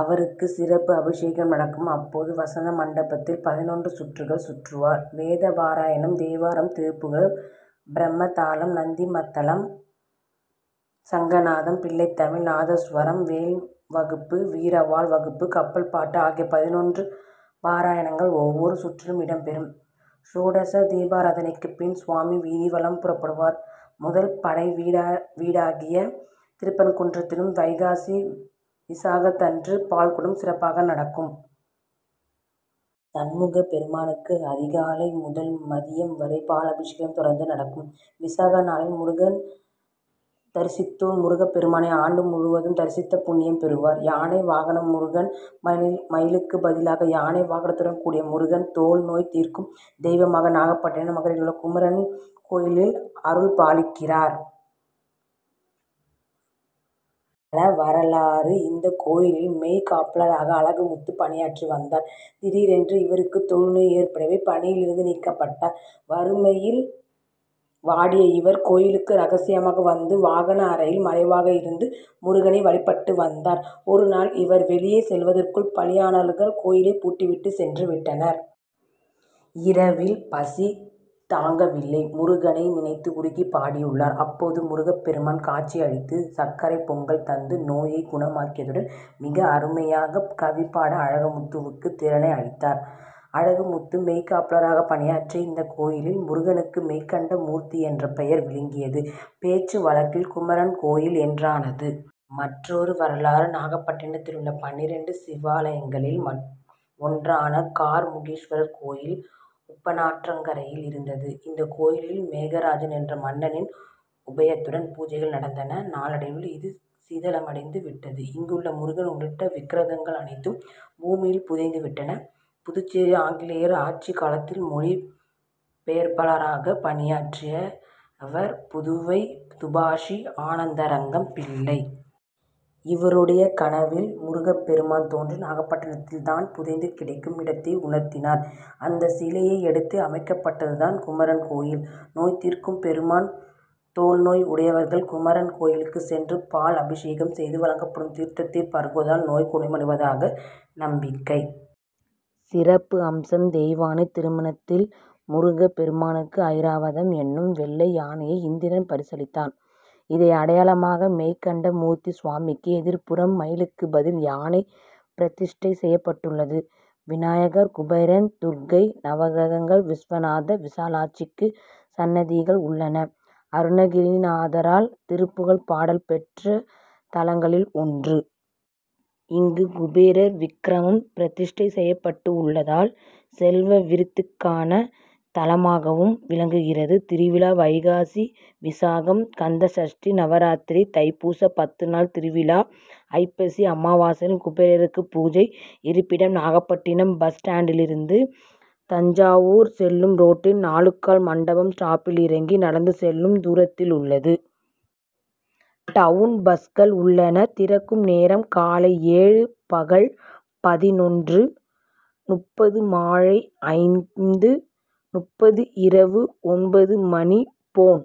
அவருக்கு சிறப்பு அபிஷேகம் நடக்கும். அப்போது வசந்தமண்டபத்தில் பதினொன்று சுற்றுகள் சுற்றுவார். வேதபாராயணம், தேவாரம், திருப்புகழ், பிரம்மதாளம், நந்திமத்தளம், சங்கநாதம், பிள்ளைத்தமிழ், நாதஸ்வரம், வேல்வகுப்பு, வீரவாள் வகுப்பு, கப்பல்பாட்டு ஆகிய பதினொன்று பாராயணங்கள் ஒவ்வொரு சுற்றிலும் இடம்பெறும். க்ஷோடச தீபராதனைக்குப்பின், சுவாமி வீதிவலம் புறப்படுவார். முதல்படைவீடாகிய திருப்பரங்குன்றத்திலும் வைகாசி விசாகத்தன்று பால்குடம் சிறப்பாக நடக்கும். சண்முகப்பெருமானுக்கு அதிகாலை முதல் மதியம் வரை பாலபிஷேகம் தொடர்ந்து நடக்கும். விசாகநாளில் முருகனைத் தரிசித்தோர் முருகப்பெருமானை ஆண்டு முழுவதும் தரிசித்த புண்ணியம் பெறுவர். யானை வாகன முருகன் மயிலுக்குப் பதிலாக யானை வாகனத்துடன் கூடிய முருகன், தோல் நோய் தீர்க்கும் தெய்வமாக நாகப்பட்டினம் நகரிலுள்ள குமரன் கோயிலில் அருள்பாலிக்கிறார். தல வரலாறு இந்தக் கோயிலில் மெய்க்காப்பாளராக அழகுமுத்து பணியாற்றி வந்தார். திடீரென்று இவருக்கு தொழுநோய் ஏற்படவே, பணியிலிருந்து நீக்கப் பட்டார். வறுமையில் வாடிய இவர், கோயிலுக்குள் ரகசியமாக வந்து, வாகன அறையில் மறைவாக இருந்து முருகனை வழிபட்டு வந்தார். ஒருநாள், இவர் வெளியே செல்வதற்குள், பணியாளர்கள் கோயிலை பூட்டிவிட்டு சென்றுவிட்டனர். இரவில் பசி தாங்கவில்லை. முருகனை நினைத்து உருகி பாடியுள்ளார். அப்போது முருகப்பெருமான் காட்சி அளித்து சர்க்கரை பொங்கல் தந்து, நோயைக் குணமாக்கியதுடன், மிக அருமையாக கவிபாட அழகுமுத்துவுக்கு திறனை அளித்தார். அழகுமுத்து மெய்க்காப்பாளராக பணியாற்றிய இந்தக் கோயிலில், முருகனுக்கு மெய்கண்டமூர்த்தி என்ற பெயர் விளங்கியது. பேச்சு வழக்கில் குமரன் கோயில் என்றானது. மற்றொரு வரலாறு நாகப்பட்டினத்திலுள்ள பன்னிரண்டு சிவாலயங்களில் ஒன்றான கார்முகீஸ்வரர் கோயில் உப்பனாற்றங்கரையில் இருந்தது. இந்த கோயிலில் மேகராஜன் என்ற மன்னனின் உபயத்துடன் பூஜைகள் நடந்தன. நாளடைவில் இது சிதிலமடைந்து விட்டது. இங்குள்ள முருகன் உள்ளிட்ட விக்ரகங்கள் அனைத்தும் பூமியில் புதைந்து விட்டன. புதுச்சேரியில் ஆங்கிலேயர் ஆட்சி காலத்தில் மொழி பெயர்ப்பாளராக பணியாற்றியவர் புதுவை துபாஷி ஆனந்தரங்கம்பிள்ளை. இவருடைய கனவில் முருகப்பெருமான் தோன்றி, நாகப்பட்டினத்ததில், தான் புதைந்து கிடக்கும் இடத்தை உணர்த்தினார். அந்த சிலையை எடுத்து அமைக்கப்பட்டது தான் குமரன் கோயில். நோய் தீர்க்கும் பெருமான் தோல்நோய் உடையவர்கள் குமரன் கோயிலுக்கு சென்று பால் அபிஷேகம் செய்து வழங்கப்படும் தீர்த்தத்தை பருகுவதால் நோய் குணமடைவதாக நம்பிக்கை. சிறப்பம்சம் தெய்வானை திருமணத்தில் முருகப் பெருமானுக்கு ஐராவதம் என்னும் வெள்ளை யானையை இந்திரன் பரிசளித் தான், இதை அடையாளமாக மெய்கண்ட மூர்த்தி சுவாமிக்கு எதிர்ப்புறம், மயிலுக்கு பதில் யானை பிரதிஷ்டை செய்யப் பட்டுள்ளது. விநாயகர், குபேரன், துர்க்கை, நவக்கிரகங்கள், விஸ்வநாதர், விசாலாட்சிக்கு சன்னதிகள் உள்ளன. அருணகிரிநாதரால் திருப்புகழ் பாடல் பெற்று தலங்களில் ஒன்று. இங்கு குபேரர் விக்ரம் பிரதிஷ்டை செய்யப் பட்டு உள்ளதால் செல்வவிருத்திக்கான தலமாகவும் விளங்குகிறது. திருவிழா வைகாசி விசாகம், கந்தசஷ்டி, நவராத்திரி, தைப்பூச பத்து நாள் திருவிழா, ஐப்பசி அமாவாசையில் குபேரருக்கு பூஜை. இருப்பிடம் நாகப்பட்டினம் பஸ் ஸ்டாண்டிலிருந்து தஞ்சாவூர் செல்லும் ரோட்டில் நாலுகால் மண்டபம் ஸ்டாப்பில் இறங்கி நடந்து செல்லும் தூரத்திலுள்ளது. டவுன் பஸ்கள் உள்ளன. திறக்கும் நேரம் காலை ஏழு- பகல் பதினொன்று.முப்பது, மாலை ஐந்து.முப்பது- இரவு ஒன்பது மணி. போன்,